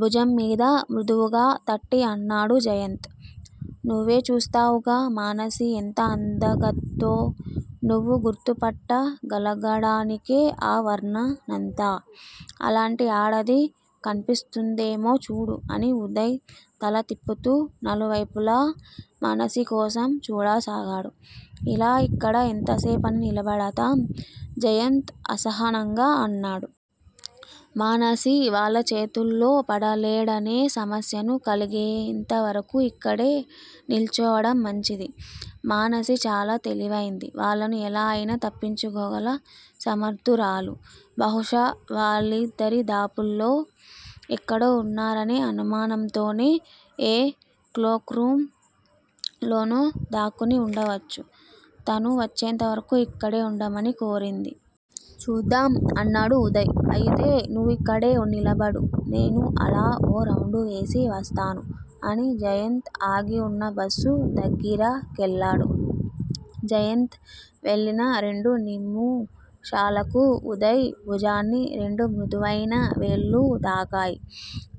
భుజంమీద మృదువుగా తట్టి అన్నాడు జయంత్. నువ్వే చూస్తావుగా మానసి ఎంత అందగత్తో? నువ్వు గుర్తుపట్ట గలగడానికే ఆ వర్ణనంతా. అలాంటి ఆడది కన్పిస్తుందేమో చూడు అని ఉదయ్ తల తిప్పుతూ నలువైపులా మానసికోసం చూడసాగాడు. ఇలా ఇక్కడ ఎంతసేపని నిలబడతాం? జయంత్ అసహనంగా అన్నాడు. మానసి వాళ్ళ చేతుల్లో పడలేడనే సమస్యను కలిగేంతవరకు ఇక్కడే నిల్చోవడం మంచిది. మానసి చాలా తెలివైంది. వాళ్ళను ఎలా అయినా తప్పించుకోగల సమర్ధురాలు బహుశా వాళ్ళీదరిదాపుల్లో ఎక్కడో ఉన్నారనే అనుమానంతోనే, ఏ క్లోక్ రూం లోనో దాక్కుని వుండవచ్చు తను వచ్చేంతవరకు ఇక్కడే వుండమని కోరింది. చూద్దాం! అన్నాడు ఉదయ్. అయితే నువ్విక్కడే నిలబడు. నేను అలా ఓ రౌండువేసి వస్తాను అని జయంత్ ఆగివున్న బస్సు దగ్గిరకెళ్ళాడు. జయంత్ వెళ్ళిన రెండునిముషాలకు ఉదయ్ భుజాన్ని రెండుమృదువైన వేళ్ళు తాకాయి.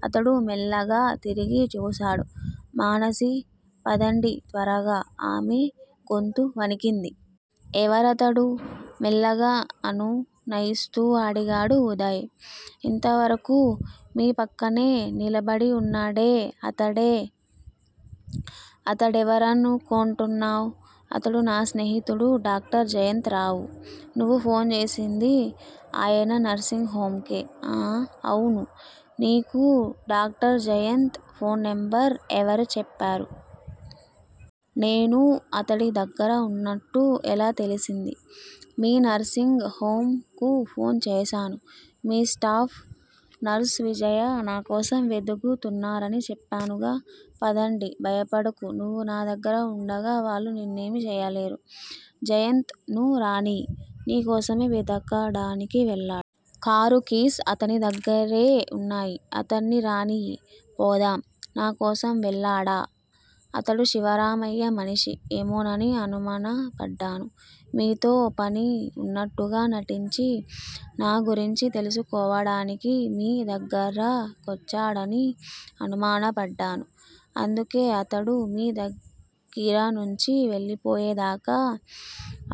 అతడు మెల్లగా తిరిగి చూశాడు. మానసీ! పదండి! త్వరగా! ఆమె గొంతు వణికింది. ఎవరతడు? మెల్లగా అనునయిస్తూ అడిగాడు ఉదయ్. ఇంతవరకూ మీ పక్కనే నిలబడివున్నాడే అతడే! అతడెవరనుకోంటున్నావ్? అతడు నా స్నేహితుడు డాక్టర్ జయంత్ రావు. నువ్వు ఫోన్ చేసింది ఆయన నర్సింగ్ హొమ్ కే. ఆఁ! అవును! నీకు డాక్టర్ జయంత్ ఫోన్ నంబరు ఎవరు చెప్పారు? నేను అతడి దగ్గర ఉన్నట్టు ఎలా తెలిసింది? మీ నర్సింగ్ హొమ్ కు ఫోన్ చేశాను. మీ స్టాఫ్ నర్స్ విజయ నాకోసం వెదుకుతున్నారని చెప్పానుగా? పదండి. భయపడకు నువ్వు నాదగ్గర వుండగా వాళ్ళు నిన్నేమీ చెయ్యలేరు. జయంత్ ను రానియ్. నీ కోసమే వెదకడానికి వెళ్ళా కారు కీస్ అతని దగ్గిరే వున్నాయి. అతడ్ని రానియ్యి పోదాం. నా కోసం వెళ్ళాడా? అతడు శివరామయ్య మనిషి ఏమోనని అనుమనపడ్డాను. మీతో పని వున్నట్టుగా నటించి, నా గురించి తెలుసుకోవడానికి, మీ దగ్గిరకొచ్చాడని అనుమానపడ్డాను. అందుకే అతడు మీ దగ్గిరనుంచి వెళ్ళిపోయేదాకా,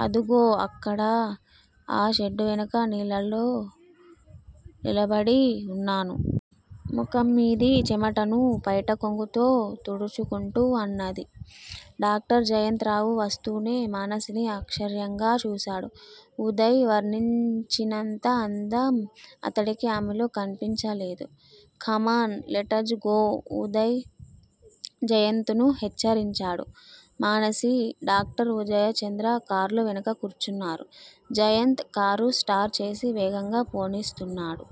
అదుగో అక్కడ ఆ షెడ్డువెనక నీడలో నిలబడివున్నాను. ముఖంమీది చెమటను పైటకొంగుతో తుడుచుకుంటూ అన్నది. డాక్టర్ జయంత్ రావు వస్తూనే మానసిని ఆశ్చర్యంగా చూశాడు. ఉదయ్ వర్ణించినంత అందం అతడికి ఆమెలో కన్పించలేదు. కమాన్__లెటజ్ గో ఉదయ్ జయంత్ ను హెచ్చరించాడు. మానసీ, డాక్టర్ ఉదయచంద్ర కార్లో వెనక కూర్చున్నారు. జయంత్ కారు స్టార్ట్ చేసి వేగంగా పోనిస్తున్నాడు.